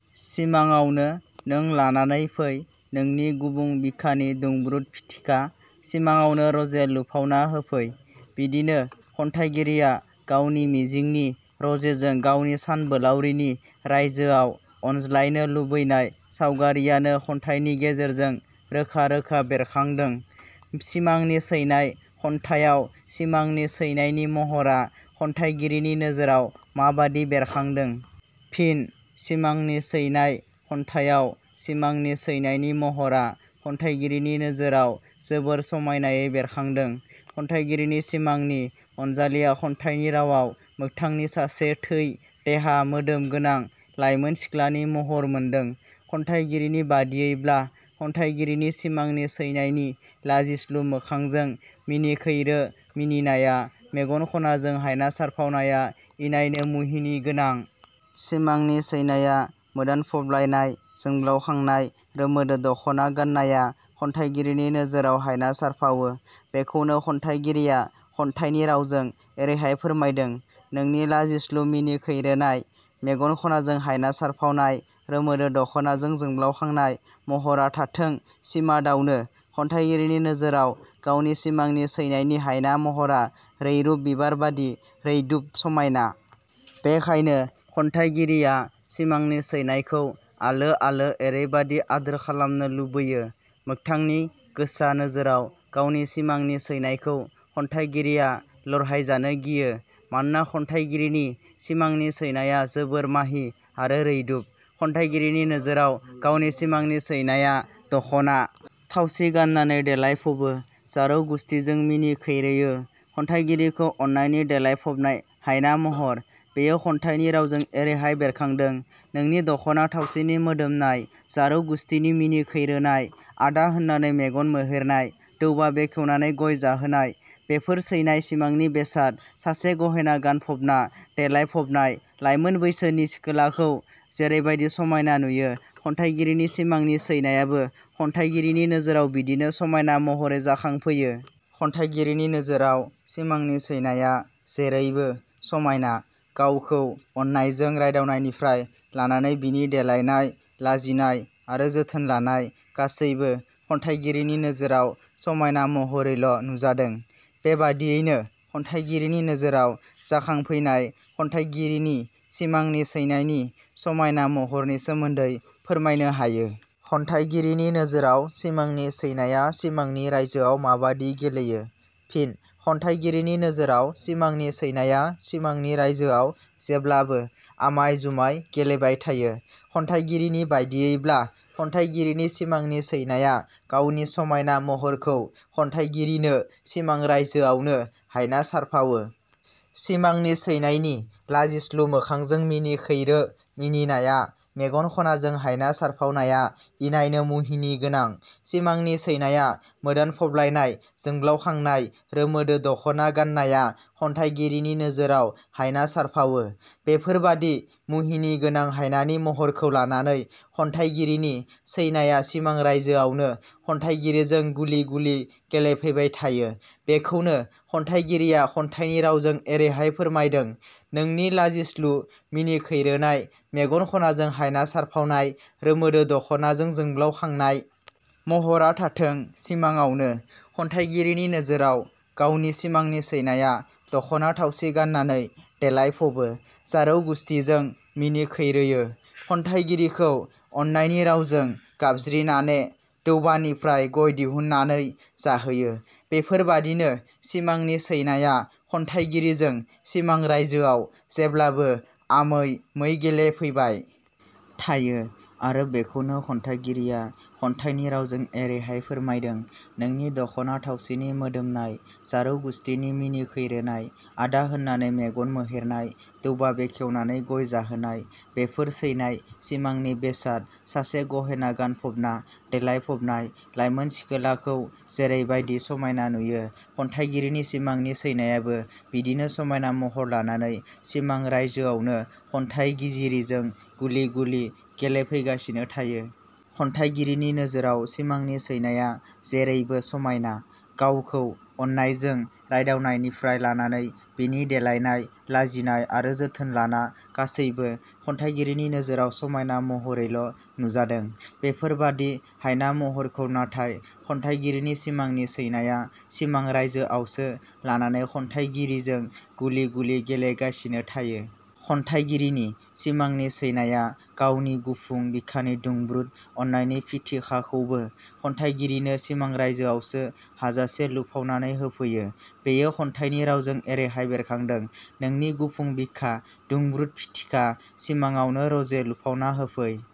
सिमाङावनो नों लानानै फै नोंनि गुबुं बिखानि दुंब्रुद फिथिखा सिमाङावनो रजे लुफावना होफै। बिदिनो खन्थाइगिरिया गावनि मिजिंनि रजेजों गावनि सानबोलावरिनि रायजोआव अनज्लायनो लुबैनाय सावगारियानो खन्थाइनि गेजेरजों रोखा रोखा बेरखादों।. सिमांनि सैनाय' खन्थाइयाव सिमांनि सैनायनि महरा खन्थाइगिरिनि नोजोराव माबादि बेरखांदों? फिनः 'सिमांनि सैनाय' खन्थाइयाव सिमांनि सैनायनि महरा खन्थाइगिरिनि नोजोराव जोबोर समायनायै बेरखांदों। खन्थाइगिरिनि सिमांनि अनजालिया खन्थाइनि रावाव मोगथांनि सासे थै, देहा मोदोम गोनां लाइमोन सिख्लानि महर मोनदों। खन्थाइगिरिनि बादियैब्ला खन्थाइगिरिनि सिमांनि सैनायनि लाजिस्लु मोखांजों मिनिखैरो मिनिनाया, मेगन खनाजों हायना सारफावनाया इनायनो मुहिनि गोनां। सिमांनि सैनाया मोदानफबलायनाय जोंब्लावखांनाय रोमोदो दखना गाननाया खन्थाइगिरिनि नोजोराव हायना सारफावो। बेखौनो खन्थाइगिरिया खन्थाइनि रावजों एरैहाय फोरमायदों- नोंनि लाजिस्लु मिनिखैरोनाय मेगन खनाजों हायना सारफावनाय रोमोदो दखनाजों जोब्लाउखांनाय। महरा थाथों सिमाडावनो। खन्थाइगिरिनि नोजोराव गावनि सिमांनि सैनायनि हायना महरा रैरुब बिबारबादि रैदुब समायना। बेखायनो खन्थाइगिरिया सिमांनि सैनायखौ आलो आलो एरैबादि आदोर खालामनो लुबैयो, मोगथांनि गोसा नोजोराव गावनि सिमांनि सैनायखौ खन्थाइगिरिया लरहायजानो गियो। मानोना खन्थाइगिरिनि सिमांनि सैनाया जोबोर माहि आरो रैदुब। खन्थाइगिरिनि नोजोराव गावनि सिमांनि सैनाया दखना थावसि गाननानै देलायफबो, जारौ गुसथिजों मिनिखैरोयो, खन्थाइगिरिखौ अननायनि देलायफबनाय हायना महर, बेयो खन्थाइनि रावजों एरैहाय बेरखांदों- नोंनि दखना थावसिनि मोदोमनाय जारौ गुसथिनि मिनिखैरोनाय, 'आदा' होननानै मेगन मोहेरनाय दौबा बेखेवनानै गय जाहोनाय बेफोर सैनाय सिमांनि बेसाद सासे गहेना गानफबना देलायफबनाय लाइमोन बैसोनि सिखोलाखौ जेरैबादि समायना नुयो, खन्थाइगिरिनि सिमांनि सैनायाबो खन्थाइगिरिनि नोजोराव बिदिनो समायना महरै जाखांफैयो। खन्थाइगिरिनि नोजोराव सिमांनि सैनाया जैरैबो समायना। गावखौ अननायजों रायदावनायनिफ्राय लानानै बिनि देलायनाय, लाजिनाय आरो जोथोन लानाय गासैबो खन्थाइगिरिनि नोजोराव समायना महरैल' नुजादों। बेबादियैनो खन्थाइगिरिनि नोजोराव जाखांफैनाय खन्थाइगिरिनि सिमांनि सैनायनि समायना महरनि सोमोन्दै फोरमायनो हायो।. खन्थाइगिरिनि नोजोराव सिमांनि सैनाया सिमांनि रायजोआव माबादि गेलेयो? फिनः खन्थाइगिरिनि नोजोराव सिमांनि सैनाया सिमांनि रायजोआव जेब्लाबो आमाय जुमाय गेलेबाय थायो। खन्थाइगिरिनि बादियैब्ला खन्थाइगिरिनि सिमांनि सैनाया गावनि समाइना महरखौ खन्थाइगिरिनो सिमां रायजोआवनो हायना सारफावो। सिमांनि सैनायनि लाजिस्लु मोखांजों मिनिखैरो मिनिनाया, मेगन खनाजों हायना सारफावनाया इनायनो मुहिनि गोनां। सिमांनि सैनाया मोदानफबलायनाय जोंब्लावखांनाय रोमोदो दखना गाननाया खन्थाइगिरिनि नोजोराव हायना सारफावो। बेफोरबादि मुहिनि गोनां हायनानि महरखौ लानानै खन्थाइगिरिनि सैनाया सिमां रायजोआवनो खन्थाइगिरिजों गुलि गुलि गेलेफैबाय थायो बेखौनो खन्थाइगिरिया खन्थाइनि रावजों एरैहाय फोरमायदों- नोंनि लाजिस्लु मिनिखैरोनाय मेगन खनाजों हायना सारफावनाय रोमोदो दखनाजों जोब्लावखांनाय। महरा थांथों सिमाङावनो। खन्थाइगिरिनि नोजोराव गावनि सिमांनि सैनाया दख'ना थावसि गाननानै देलायफबो, जारौ गुसथिजों मिनिखैरोयो, खन्थाइगिरिखौ अननायनि रावजों गाबज्रिनाने दौबानिफ्राय गय दिहुननानै जाहोयो। बेफोरबादिनो सिमांनि सैनाया खन्थाइगिरिजों सिमां रायजोआव जेब्लाबो आमै मै गेलेफैबाय थायो आरो बेखौनो खन्थाइगिरिया खन्थाइनि रावजों एरैहाय फोरमायदों- नोंनि दख'ना थावसिनि मोदोमनाय जारौ गुसथिनि मिनिखैरोनाय, 'आदा' होननानै मेगन मोहेरनाय दौबा बेखेवनानै गय जाहोनाय- बेफोर सैनाय सिमांनि बेसाद सासे गहेना गानफबना देलायफ़बनाय लाइमोन सिखोलाखौ जेरैबादि समाइना नुयो, खन्थाइगिरिनि सिमांनि सैनायाबो बिदिनो समायना महर लानानै सिमां रायजोआवनो खन्थाइगिजिरिजों गुलि गुलि गेलेफैगासिनो थायो। खन्थाइगिरिनि नोजोराव सिमांनि सैनाया जेरैबो समायना। गावखौ अननायजों रायदावनायनिफ्राय लानानै बिनि देलायनाय, लाजिनाय आरो जोथोन लाना गासैबो खन्थाइगिरिनि नोजोराव समायना महरैल' नुजादों। बेफोर बादि हायना महरखौ नाथाय खन्थाइगिरिनि सिमांनि सैनाया सिमां रायजोआवसो लानानै खन्थाइगिरिजों गुलि गुलि गेलेगासिनो थायो। खन्थाइगिरिनि सिमांनि सैनाया गावनि गुफुं बिखानि दुंब्रुद अननायनि फिथिखाखौबो खन्थाइगिरिनो सिमां रायजोआवसो हाजासे लुफावनानै होफैयो बेयो खन्थाइनि रावजों एरैहाय बेरखादों- नोंनि गुफुं बिखा दुंब्रुद फिथिखा सिमाङावनो रजे लुफावना होफै।